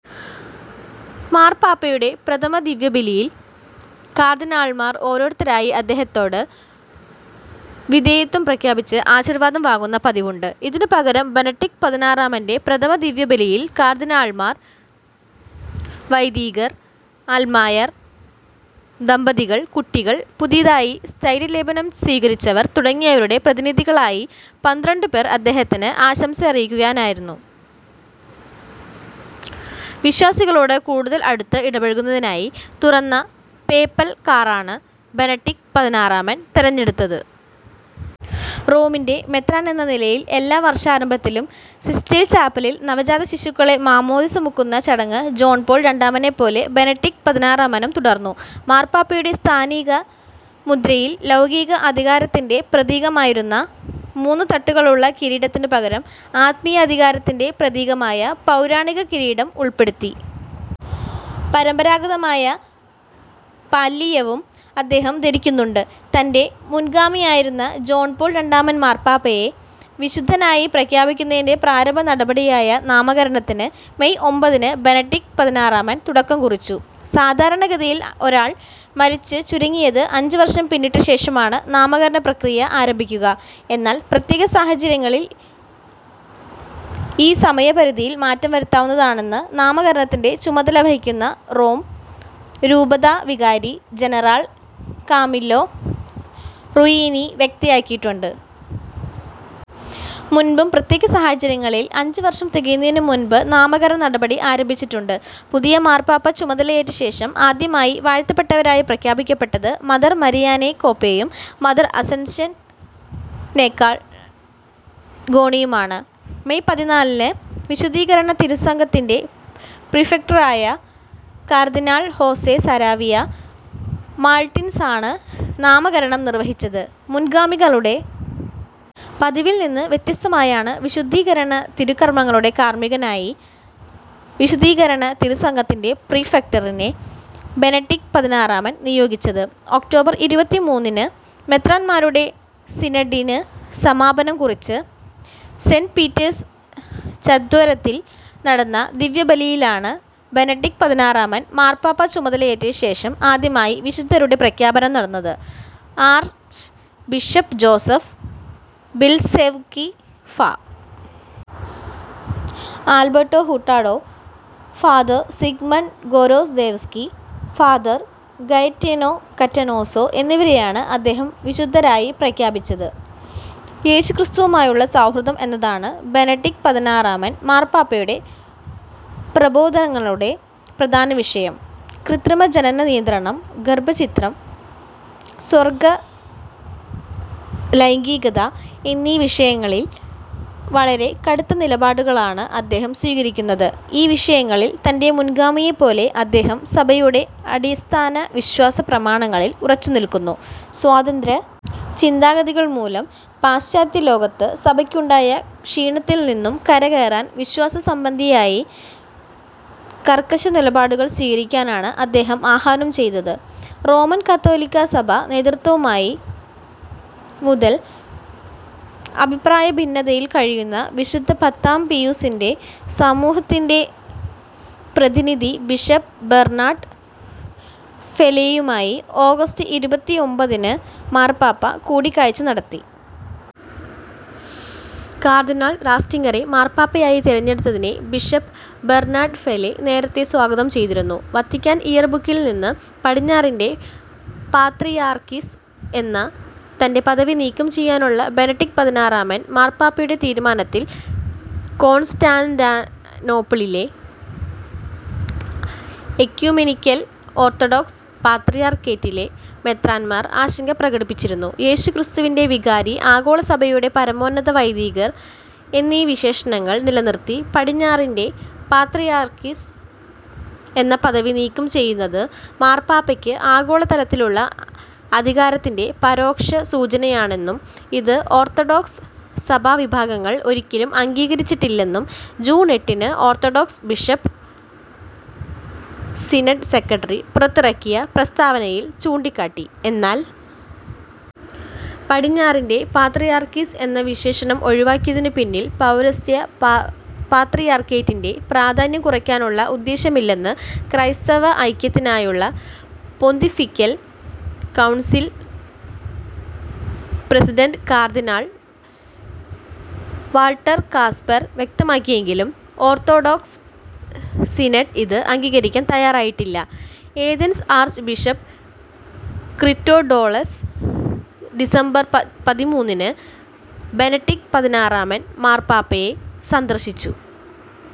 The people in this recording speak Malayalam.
മാർപ്പാപ്പയുടെ പ്രഥമ ദിവ്യബലിയിൽ കർദ്ദിനാൾമാർ ഓരോരുത്തരായി അദ്ദേഹത്തോട് വിധേയത്വം പ്രഖ്യാപിച്ച് ആശീർവാദം വാങ്ങുന്ന പതിവുണ്ട്. ഇതിനു പകരം ബെനഡിക്ട് പതിനാറാമൻ്റെ പ്രഥമ ദിവ്യബലിയിൽ കാർദ്ദിനാൾമാർ, വൈദീകർ, അൽമായർ, ദമ്പതികൾ, കുട്ടികൾ, പുതിയതായി സ്ഥൈര്യലേപനം സ്വീകരിച്ചവർ തുടങ്ങിയവരുടെ പ്രതിനിധികളായി പന്ത്രണ്ടുപേർ അദ്ദേഹത്തിന് ആശംസയറിയിക്കുവനായായിരുന്നു. വിശ്വാസികളോട് കൂടുതൽ അടുത്ത് ഇടപഴകുന്നതിനായി തുറന്ന പേപ്പൽ കാറാണ് ബെനഡിക്ട് പതിനാറാമൻ തെരഞ്ഞെടുത്തത്. റോമിൻ്റെ മെത്രാൻ എന്ന നിലയിൽ എല്ലാ വർഷാരംഭത്തിലും സിസ്റ്റൈചാപ്പലിൽ നവജാത ശിശുക്കളെ മാമ്മോദീസ മുക്കുന്ന ചടങ്ങ് ജോൺ പോൾ രണ്ടാമനെപ്പോലെ ബെനഡിക്ട് പതിനാറാമനും തുടർന്നു. മാർപ്പാപ്പയുടെ സ്ഥാനിക മുദ്രയിൽ ലൗകീക അധികാരത്തിൻ്റെ പ്രതീകമായിരുന്ന മൂന്ന് തട്ടുകളുള്ള കിരീടത്തിനു പകരം ആത്മീയാധികാരത്തിൻ്റെ പ്രതീകമായ പൗരാണിക കിരീടം ഉൾപ്പെടുത്തി. പരമ്പരാഗതമായ പാല്ലിയവും അദ്ദേഹം ധരിക്കുന്നുണ്ട്. തൻ്റെ മുൻഗാമിയായിരുന്ന ജോൺ പോൾ രണ്ടാമൻ മാർപ്പാപ്പയെ വിശുദ്ധനായി പ്രഖ്യാപിക്കുന്നതിൻ്റെ പ്രാരംഭ നടപടിയായ നാമകരണത്തിന് മേയ് ഒമ്പതിന് ബെനഡിക്ട് പതിനാറാമൻ തുടക്കം കുറിച്ചു. സാധാരണ ഗതിയിൽ ഒരാൾ മരിച്ച് ചുരുങ്ങിയത് അഞ്ച് വർഷം പിന്നിട്ട ശേഷമാണ് നാമകരണ പ്രക്രിയ ആരംഭിക്കുക. എന്നാൽ പ്രത്യേക സാഹചര്യങ്ങളിൽ ഈ സമയപരിധിയിൽ മാറ്റം വരുത്താവുന്നതാണെന്ന് നാമകരണത്തിൻ്റെ ചുമതല വഹിക്കുന്ന റോം രൂപതാ വികാരി ജനറാൾ കാമില്ലോ റൂയിനി വ്യക്തയാക്കിയിട്ടുണ്ട്. മുൻപും പ്രത്യേക സാഹചര്യങ്ങളിൽ അഞ്ച് വർഷം തികയുന്നതിനു മുൻപ് നാമകരണ നടപടി ആരംഭിച്ചിട്ടുണ്ട്. പുതിയ മാർപ്പാപ്പ ചുമതലയേറ്റശേഷം ആദ്യമായി വാഴ്ത്തപ്പെട്ടവരായി പ്രഖ്യാപിക്കപ്പെട്ടത് മദർ മരിയാനെ കോപെയും മദർ അസെൻഷൻ നേക്കാൾ ഗോണിയുമാണ്. മേയ് പതിനാലിന് വിശുദ്ധീകരണ തിരുസംഘത്തിൻ്റെ പ്രിഫെക്ടായ കാർദ്ദിനാൾ ഹോസെ സരാവിയ മാൾട്ടിൻസാണ് നാമകരണം നിർവഹിച്ചത്. മുൻഗാമികളുടെ പതിവിൽനിന്ന് വ്യത്യസ്തമായാണ് വിശുദ്ധീകരണ തിരുക്കർമകളുടെ കാർമികനായി വിശുദ്ധീകരണ തിരുസംഘത്തിൻ്റെ പ്രീഫെക്ട്ടറിനെ ബെനഡിക്ട് പതിനാറാമൻ നിയോഗിച്ചത്. ഒക്ടോബർ ഇരുപത്തിമൂന്നിന് മെത്രാൻമാരുടെ സിനഡിന് സമാപനം കുറിച്ച് സെന്റ് പീറ്റേഴ്സ് ചത്വരത്തിൽ നടന്ന ദിവ്യബലിയിലാണ് ബെനഡിക്ട് പതിനാറാമൻ മാർപ്പാപ്പ ചുമതലയേറ്റശേഷം ആദ്യമായി വിശുദ്ധരുടെ പ്രഖ്യാപനം നടന്നത്. ആർച്ച് ബിഷപ്പ് ജോസഫ് ബിൽസെവ്സ്കി, ഫാ. Alberto Hurtado, father. Zygmunt Gorazdowski, father. Gaetano Catanoso എന്നിവരെയാണ് അദ്ദേഹം വിശുദ്ധരായി പ്രഖ്യാപിച്ചത്. യേശുക്രിസ്തുവുമായുള്ള സൗഹൃദം എന്നതാണ് ബെനഡിക്ട് പതിനാറാമൻ മാർപ്പാപ്പയുടെ പ്രബോധനങ്ങളുടെ പ്രധാന വിഷയം. കൃത്രിമ ജനനനിയന്ത്രണം, ഗർഭഛിത്രം, സ്വാർഗ ലൈംഗികത എന്നീ വിഷയങ്ങളിൽ വളരെ കടുത്ത നിലപാടുകളാണ് അദ്ദേഹം സ്വീകരിക്കുന്നത്. ഈ വിഷയങ്ങളിൽ തൻ്റെ മുൻഗാമിയെപ്പോലെ അദ്ദേഹം സഭയുടെ അടിസ്ഥാന വിശ്വാസ പ്രമാണങ്ങളിൽ ഉറച്ചുനിൽക്കുന്നു. സ്വാതന്ത്ര ചിന്താഗതികൾ മൂലം പാശ്ചാത്യ ലോകത്ത് സഭയ്ക്കുണ്ടായ ക്ഷീണത്തിൽനിന്നും കരകയറാൻ വിശ്വാസ സംബന്ധിയായി കർക്കശ നിലപാടുകൾ സ്വീകരിക്കാനാണ് അദ്ദേഹം ആഹ്വാനം ചെയ്തത്. റോമൻ കത്തോലിക്കാ സഭാ നേതൃത്വവുമായി മുതൽ അഭിപ്രായ ഭിന്നതയിൽ കഴിയുന്ന വിശുദ്ധ പത്താം പിയുസിൻ്റെ സമൂഹത്തിൻ്റെ പ്രതിനിധി ബിഷപ്പ് ബെർണാഡ് ഫെലേയുമായി ഓഗസ്റ്റ് ഇരുപത്തിയൊമ്പതിന് മാർപ്പാപ്പ കൂടിക്കാഴ്ച നടത്തി. കാർദ്ദിനാൾ റാറ്റ്സിംഗറെ മാർപ്പാപ്പയായി തെരഞ്ഞെടുത്തതിനെ ബിഷപ്പ് ബെർനാഡ് ഫെലേ നേരത്തെ സ്വാഗതം ചെയ്തിരുന്നു. വത്തിക്കാൻ ഇയർ ബുക്കിൽനിന്ന് പടിഞ്ഞാറിൻ്റെ പാത്രിയാർക്കീസ് എന്ന തൻ്റെ പദവി നീക്കം ചെയ്യാനുള്ള ബെനഡിക്ട് പതിനാറാമൻ മാർപ്പാപ്പയുടെ തീരുമാനത്തിൽ കോൺസ്റ്റാന്റനോപ്പിളിലെ എക്യുമെനിക്കൽ ഓർത്തഡോക്സ് പാത്രിയാർക്കേറ്റിലെ മെത്രാൻമാർ ആശങ്ക പ്രകടിപ്പിച്ചിരുന്നു. യേശുക്രിസ്തുവിൻ്റെ വികാരി, ആഗോള സഭയുടെ പരമോന്നത വൈവികർ എന്നീ വിശേഷണങ്ങൾ നിലനിർത്തി പടിഞ്ഞാറിൻ്റെ പാത്രിയാർക്കീസ് എന്ന പദവി നീക്കം ചെയ്യുന്നത് മാർപ്പാപ്പയ്ക്ക് ആഗോള തലത്തിലുള്ള അധികാരത്തിൻ്റെ പരോക്ഷ സൂചനയാണെന്നും ഇത് ഓർത്തഡോക്സ് സഭാ വിഭാഗങ്ങൾ ഒരിക്കലും അംഗീകരിച്ചിട്ടില്ലെന്നും ജൂൺ എട്ടിന് ഓർത്തഡോക്സ് ബിഷപ്പ് സിനഡ് സെക്രട്ടറി പുറത്തിറക്കിയ പ്രസ്താവനയിൽ ചൂണ്ടിക്കാട്ടി. എന്നാൽ പടിഞ്ഞാറിൻ്റെ പാത്രിയാർക്കീസ് എന്ന വിശേഷണം ഒഴിവാക്കിയതിനു പിന്നിൽ പൗരസ്ത്യ പാ പാത്രിയാർക്കേറ്റിൻ്റെ പ്രാധാന്യം കുറയ്ക്കാനുള്ള ഉദ്ദേശ്യമില്ലെന്ന് ക്രൈസ്തവ ഐക്യത്തിനായുള്ള പൊന്തിഫിക്കൽ കൗൺസിൽ പ്രസിഡന്റ് കാർദ്ദിനാൾ വാൾട്ടർ കാസ്പെർ വ്യക്തമാക്കിയെങ്കിലും ഓർത്തഡോക്സ് സിനഡ് ഇത് അംഗീകരിക്കാൻ തയ്യാറായിട്ടില്ല. Athens archbishop Christodoulos December പതിമൂന്നിന് ബെനഡിക്ട് പതിനാറാമൻ മാർപ്പാപ്പയെ സന്ദർശിച്ചു.